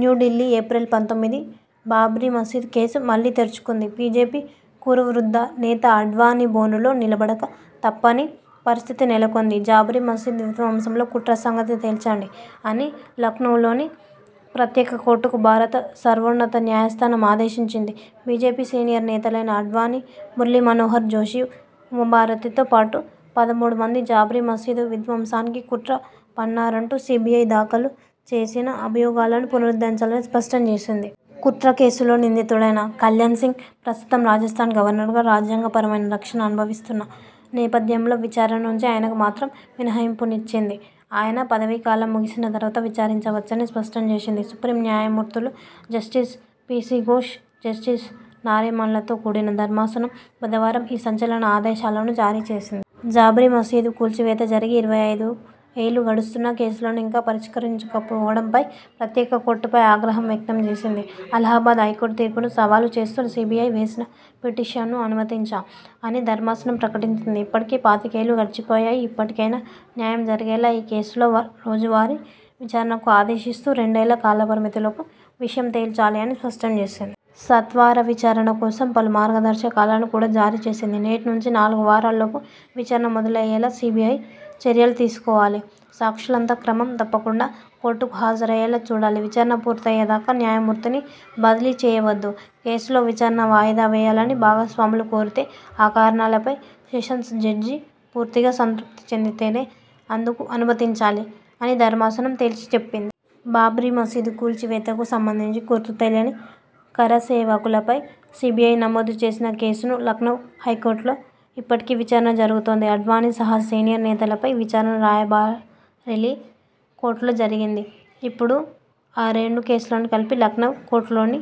New Delhi, April పంతొమ్మిది బాబ్రీ మసీదు case మళ్లీ తెరుచుకుంది. బీజేపీ కురువృద్ధ నేత ఆడ్వాణీ బోనులో నిలబడక తప్పని పరిస్థితి నెలకొంది. 'బాబ్రీ మసీదు విధ్వంసంలో కుట్ర సంగతి తేల్చండి' అని లఖ్నవ్లోని ప్రత్యేక కోర్టుకు భారత సర్వోన్నత న్యాయస్థానం ఆదేశించింది. బీజేపీ సీనియర్ నేతలైన ఆడ్వాణీ, మురళీమనోహర్ జోషి, ఉమాభారతితో పాటు పదమూడుమంది బాబ్రీ మసీదు విధ్వంసానికి కుట్ర పన్నారంటూ సీబీఐ దాఖలు చేసిన అభియోగాలను పునరుద్ధరించాలని స్పష్టం చేసింది. కుట్ర కేసులో నిందితుడైన కల్యాణ్సింగ్ ప్రస్తుతం రాజస్థాన్ గవర్నర్గా, రాజ్యాంగపరమైన రక్షణ అనుభవిస్తున్న నేపథ్యంలో విచారణ నుంచి ఆయనకు మాత్రం మినహాయింపునిచ్చింది. ఆయన పదవీకాలం ముగిసిన తర్వాత విచారించవచ్చని స్పష్టం చేసింది. సుప్రీం న్యాయమూర్తులు జస్టిస్ పీసీ ఘోష్, జస్టిస్ నారీమన్లతో కూడిన ధర్మాసనం బుధవారం ఈ సంచలన ఆదేశాలను జారీచేసింది. బాబ్రీ మసీదు కూల్చివేత జరిగి ఇరవై ఐదు ఏళ్లు గడుస్తున్నా కేసులను ఇంకా పరిష్కరించకపోవడంపై ప్రత్యేక కోర్టుపై ఆగ్రహం వ్యక్తం చేసింది. ''అలహాబాద్ హైకోర్టు తీర్పును సవాలు చేస్తూ సీబీఐ వేసిన పిటిషన్ను అనుమతించాం'' అని ధర్మాసనం ప్రకటించింది. ''ఇప్పటికే పాతికేళ్లు గడిచిపోయాయి. ఇప్పటికైనా న్యాయం జరిగేలా ఈ కేసులో రోజువారీ విచారణకు ఆదేశిస్తూ రెండేళ్ల కాలపరిమితిలోపు విషయం తేల్చాలి'' అని స్పష్టం చేసింది. సత్వర విచారణ కోసం పలు మార్గదర్శకాలను కూడా జారీ చేసింది. ''నేటి నుంచి నాలుగు వారాల్లోపు విచారణ మొదలయ్యేలా సీబీఐ చర్యలు తీసుకోవాలి. సాక్షులంతా క్రమం తప్పకుండా కోర్టుకు హాజరయ్యేలా చూడాలి. విచారణ పూర్తయ్యే దాకా న్యాయమూర్తిని బదిలీ చేయవద్దు! కేసులో విచారణ వాయిదా వేయాలని భాగస్వాములు కోరితే ఆ కారణాలపై సెషన్స్ జడ్జి పూర్తిగా సంతృప్తి చెందితేనే అందుకు అనుమతించాలి'' అని ధర్మాసనం తేల్చిచెప్పింది. బాబ్రీ మసీదు కూల్చివేతకు సంబంధించి 'గుర్తు తెలియని కరసేవకులపై' సీబీఐ నమోదు చేసిన కేసును లఖ్నవ్ కోర్టులో ఇప్పటికీ విచారణ జరుగుతోంది. ఆడ్వాణీ సహా సీనియర్ నేతలపై విచారణ రాయబరేలీ కోర్టులో జరిగింది. ఇప్పుడు ఆ రెండు కేసులనూ కలిపి లఖ్నవ్ కోర్టులోనే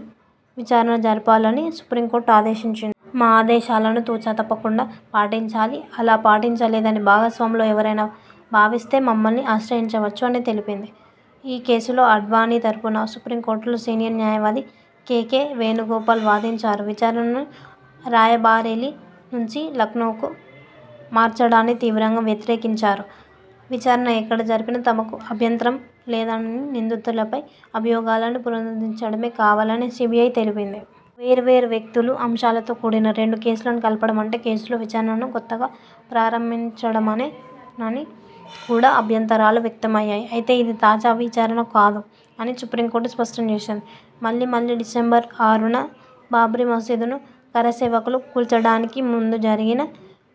విచారణ జరపాలని సుప్రీంకోర్టు ఆదేశించింది. ''మా ఆదేశాలను తు. చ. తప్పకుండా పాటించాలి. అలా పాటించలేదని భాగస్వాముల్లో ఎవరైనా భావిస్తేమమ్మల్ని ఆశ్రయించవచ్చు'' అని తెలిపింది. ఈ కేసులో ఆడ్వాణీ తరఫున సుప్రీంకోర్టులో సీనియర్ న్యాయవాది కేకే వేణుగోపాల్ వాదించారు. విచారణను రాయబరేలీ నుంచి లఖ్నవ్కు మార్చడాన్ని తీవ్రంగా వ్యతిరేకించారు. విచారణ ఎక్కడ జరిపినా తమకు అభ్యంతరం లేదనినిందితులపై అభియోగాలను పునరుద్ధరించడమే కావాలని సీబీఐ తెలిపింది. వేర్వేరు వ్యక్తులు, అంశాలతో కూడిన రెండు కేసులను కలపడమంటే కేసులో విచారణను కొత్తగా ప్రారంభించడమేనని కూడా అభ్యంతరాలు వ్యక్తమయ్యాయి. అయితే ఇది 'తాజా విచారణ కాదు' అని సుప్రీంకోర్టు స్పష్టం చేసింది. మళ్లీమళ్లీ డిసెంబర్ ఆరున బాబ్రీ మసీదును కరసేవకులు కూల్చడానికి ముందు జరిగిన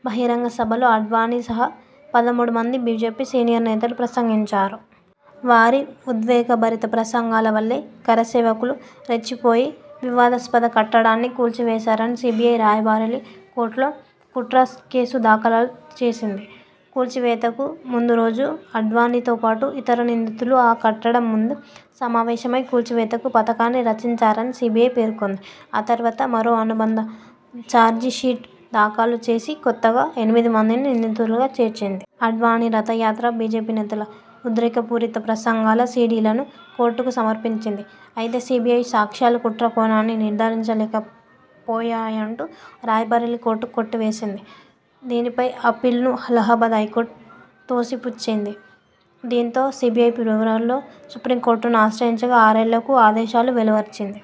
బహిరంగ సభలో ఆడ్వాణీ సహా పదమూడుమంది బీజేపీ సీనియర్ నేతలు ప్రసంగించారు. వారి ఉద్వేగభరిత ప్రసంగాల వల్లే కరసేవకులు రెచ్చిపోయి వివాదాస్పద కట్టడాన్ని కూల్చివేశారని సీబీఐ రాయబరేలీ కోర్టులో కుట్ర కేసు దాఖలు చేసింది. కూల్చివేతకు ముందు రోజు ఆడ్వాణీతోపాటు ఇతర నిందితులు ఆ కట్టడం ముందు సమావేశమై, కూల్చివేత కు పథకాన్ని రచించారని సీబీఐ పేర్కొంది. ఆ తర్వాత మరో అనుబంధ చార్జిషీటు దాఖలు చేసి కొత్తగా ఎనిమిది మందిని నిందితులుగా చేర్చింది. ఆడ్వాణీ రథయాత్ర, బీజేపీ నేతల ఉద్రేకపూరిత ప్రసంగాల సీడీలనూ కోర్టుకు సమర్పించింది. అయితే, సీబీఐ సాక్ష్యాలు కుట్ర కోణాన్ని నిర్ధారించలేకపోయాయంటూ రాయబరేలీ కోర్టు కొట్టివేసింది. దీనిపై అప్పీల్ను అలహాబాద్ హైకోర్టు తోసిపుచ్చింది. దీంతో సీబీఐ ఫిబ్రవరిలో సుప్రీంకోర్టును ఆశ్రయించగా ఆరేళ్లకు ఆదేశాలు వెలువరించింది.